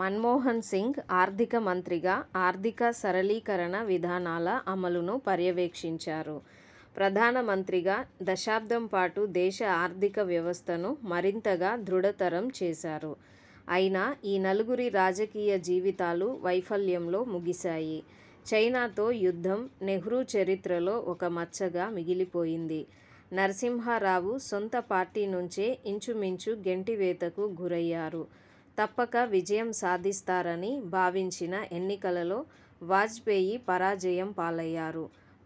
మన్మోహన్ సింగ్ ఆర్థిక మంత్రిగా ఆర్థిక సరళీకరణ విధానాల అమలును పర్యవేక్షించారు. ప్రధానమంత్రిగా దశాబ్దం పాటు దేశ ఆర్థిక వ్యవస్థను మరింతగా దృఢతరం చేశారు. అయినా ఈ నలుగురి రాజకీయ జీవితాలూ వైఫల్యంలో ముగిసాయి. చైనాతో యుద్ధం నెహ్రూ చరిత్రలో ఒక మచ్చగా మిగిలిపోయింది; నరసింహారావు సొంత పార్టీ నుంచే ఇంచుమించు గెంటివేతకు గురయ్యారు; తప్పక విజయం సాధిస్తారని భావించిన ఎన్నికలలో వాజపేయి పరాజయం పాలయ్యారు;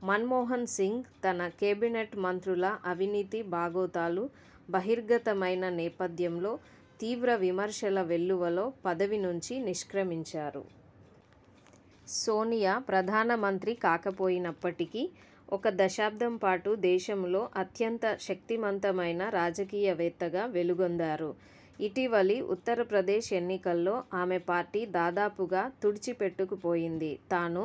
మన్మోహన్ సింగ్, తన కేబినెట్ మంత్రుల అవినీతి బాగోతాలు బహిర్గతమయిన నేపథ్యంలో తీవ్ర విమర్శల వెల్లువలో పదవినుంచి నిష్ర్కమించారు. సోనియా ప్రధానమంత్రి కాకపోయినప్పటికీ ఒక దశాబ్దం పాటు దేశంలో అత్యంత శక్తిమంతమైన రాజకీయవేత్తగా వెలుగొందారు. ఇటీవలి ఉత్తరప్రదేశ్ ఎన్నికల్లో ఆమె పార్టీ దాదాపుగా తుడిచిపెట్టుకు పోయింది. తాను,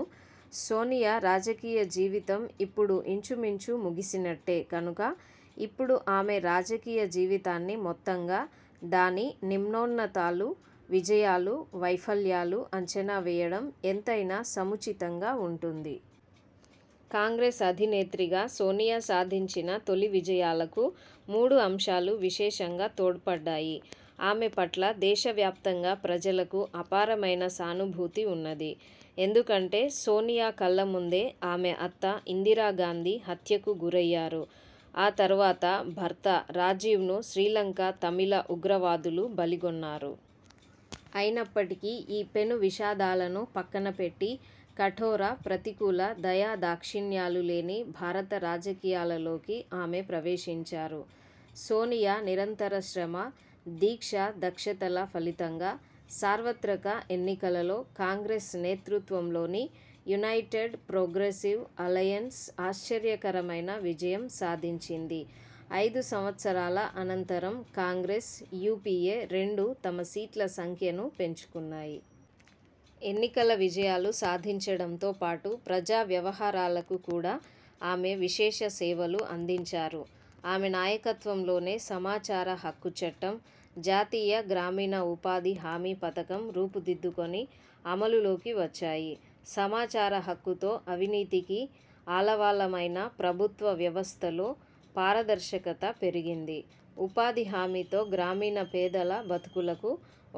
సోనియా రాజకీయ జీవితం ఇప్పుడు ఇంచుమించు ముగిసినట్టే. కనుక ఇప్పుడు ఆమె రాజకీయ జీవితాన్ని మొత్తంగా దాని నిమ్నోన్నతాలు, విజయాలూ వైఫల్యాలను అంచనా వేయడం ఎంతైనా సముచితంగా ఉంటుంది. కాంగ్రెస్ అధినేత్రిగా సోనియా సాధించిన తొలి విజయాలకు మూడు అంశాలు విశేషంగా తోడ్పడ్డాయి. ఆమె పట్ల దేశవ్యాప్తంగా ప్రజలకు అపారమైన సానుభూతి వున్నది. ఎందుకంటే సోనియా కళ్ళ ముందే ఆమె అత్త ఇందిరాగాంధీ హత్యకు గురయ్యారు. ఆ తరువాత భర్త రాజీవ్ను శ్రీలంక తమిళ ఉగ్రవాదులు బలిగొన్నారు. అయినప్పటికీ ఈ పెను విషాదాలను పక్కన పెట్టి కఠోర, ప్రతికూల దయాదాక్షిణ్యాలు లేని భారత రాజకీయాలలోకి ఆమె ప్రవేశించారు. సోనియా నిరంతర శ్రమ, దీక్షా దక్షతల ఫలితంగా సార్వత్రక ఎన్నికలలో కాంగ్రెస్ నేతృత్వంలోని యునైటెడ్ ప్రోగ్రెసివ్ అలయెన్స్ ఆశ్చర్యకరమైన విజయం సాధించింది. ఐదు సంవత్సరాల అనంతరం కాంగ్రెస్, యూపీఏ రెండూ తమ సీట్ల సంఖ్యను పెంచుకున్నాయి. ఎన్నికల విజయాలు సాధించడంతో పాటు ప్రజా వ్యవహారాలకు కూడా ఆమె విశేష సేవలు అందించారు. ఆమె నాయకత్వంలోనే సమచార హక్కు చట్టం, జాతీయ గ్రామీణ ఉపాధి హామీ పథకం రూపు దిద్దుకుని అమలులోకి వచ్చాయి. సమాచారహక్కుతో, అవినీతికి ఆలవాలమైన ప్రభుత్వ వ్యవస్థలో పారదర్శకత పెరిగింది. ఉపాధి హామీతో గ్రామీణ పేదల బతుకులకు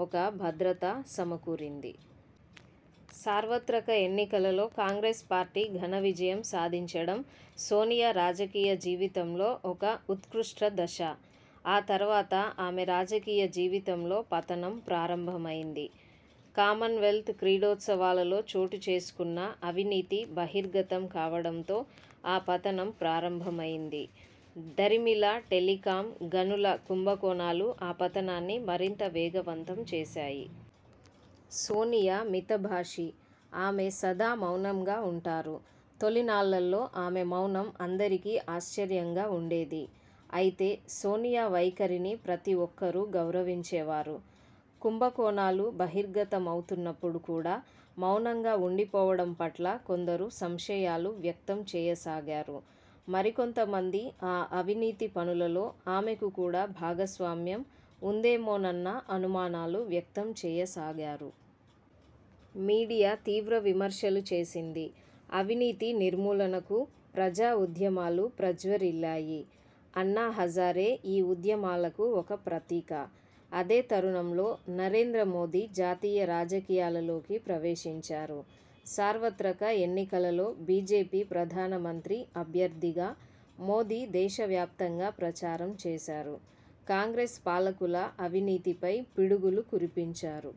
ఒక భద్రత సమకూరింది. సార్వత్రక ఎన్నికలలో కాంగ్రెస్ పార్టీ ఘన విజయం సాధించడం సోనియా రాజకీయ జీవితంలో ఒక ఉత్కృష్ట దశ. ఆ తరువాత ఆమె రాజకీయ జీవితంలో పతనం ప్రారంభమయింది. కామన్వెల్త్ క్రీడోత్సవాలలో చోటుచేసుక్ను అవినీతి బహిర్గతం కావడంతో ఆ పతనం ప్రారంభమయింది. దరిమిలా టెలికామ్, గనుల కుంభకోణాలు ఆ పతనాన్ని మరింత వేగవంతం చేశాయి. సోనియా మితభాషి. ఆమె సదా మౌనంగా వుంటారు. తొలినాళ్ళలో ఆమె మౌనం అందరికీ ఆశ్చర్యంగా వుండేది. అయితే సోనియా వైఖరిని ప్రతి ఒక్కరూ గౌరవించేవారు. కుంభకోణాలు బహిర్గతమవుతున్నప్పుడు కూడా మౌనంగా వుండిపోవడం పట్ల కొందరు సంశయాలు వ్యక్తంచేయసాగారు. మరికొంత మంది ఆ అవినీతి పనులలో ఆమెకు కూడా భాగస్వామ్యం వుందేమోనన్న అనుమానాలు వ్యక్తం చేయసాగారు. మీడియా తీవ్ర విమర్శలు చేసింది. అవినీతి నిర్మూలనకు ప్రజా ఉద్యమాలు ప్రజ్వరిల్లాయి. అన్నా హజారే ఈ ఉద్యమాలకు ఒక ప్రతీక. అదే తరుణంలో నరేంద్ర మోదీ జాతీయ రాజకీయాలలోకి ప్రవేశించారు. సార్వత్రక ఎన్నికలలో బీజేపీ ప్రధానమంత్రి అభ్యర్థిగా మోదీ దేశవ్యాప్తంగా ప్రచారం చేశారు. కాంగ్రెస్ పాలకుల అవినీతిపై పిడుగులు కురిపించారు.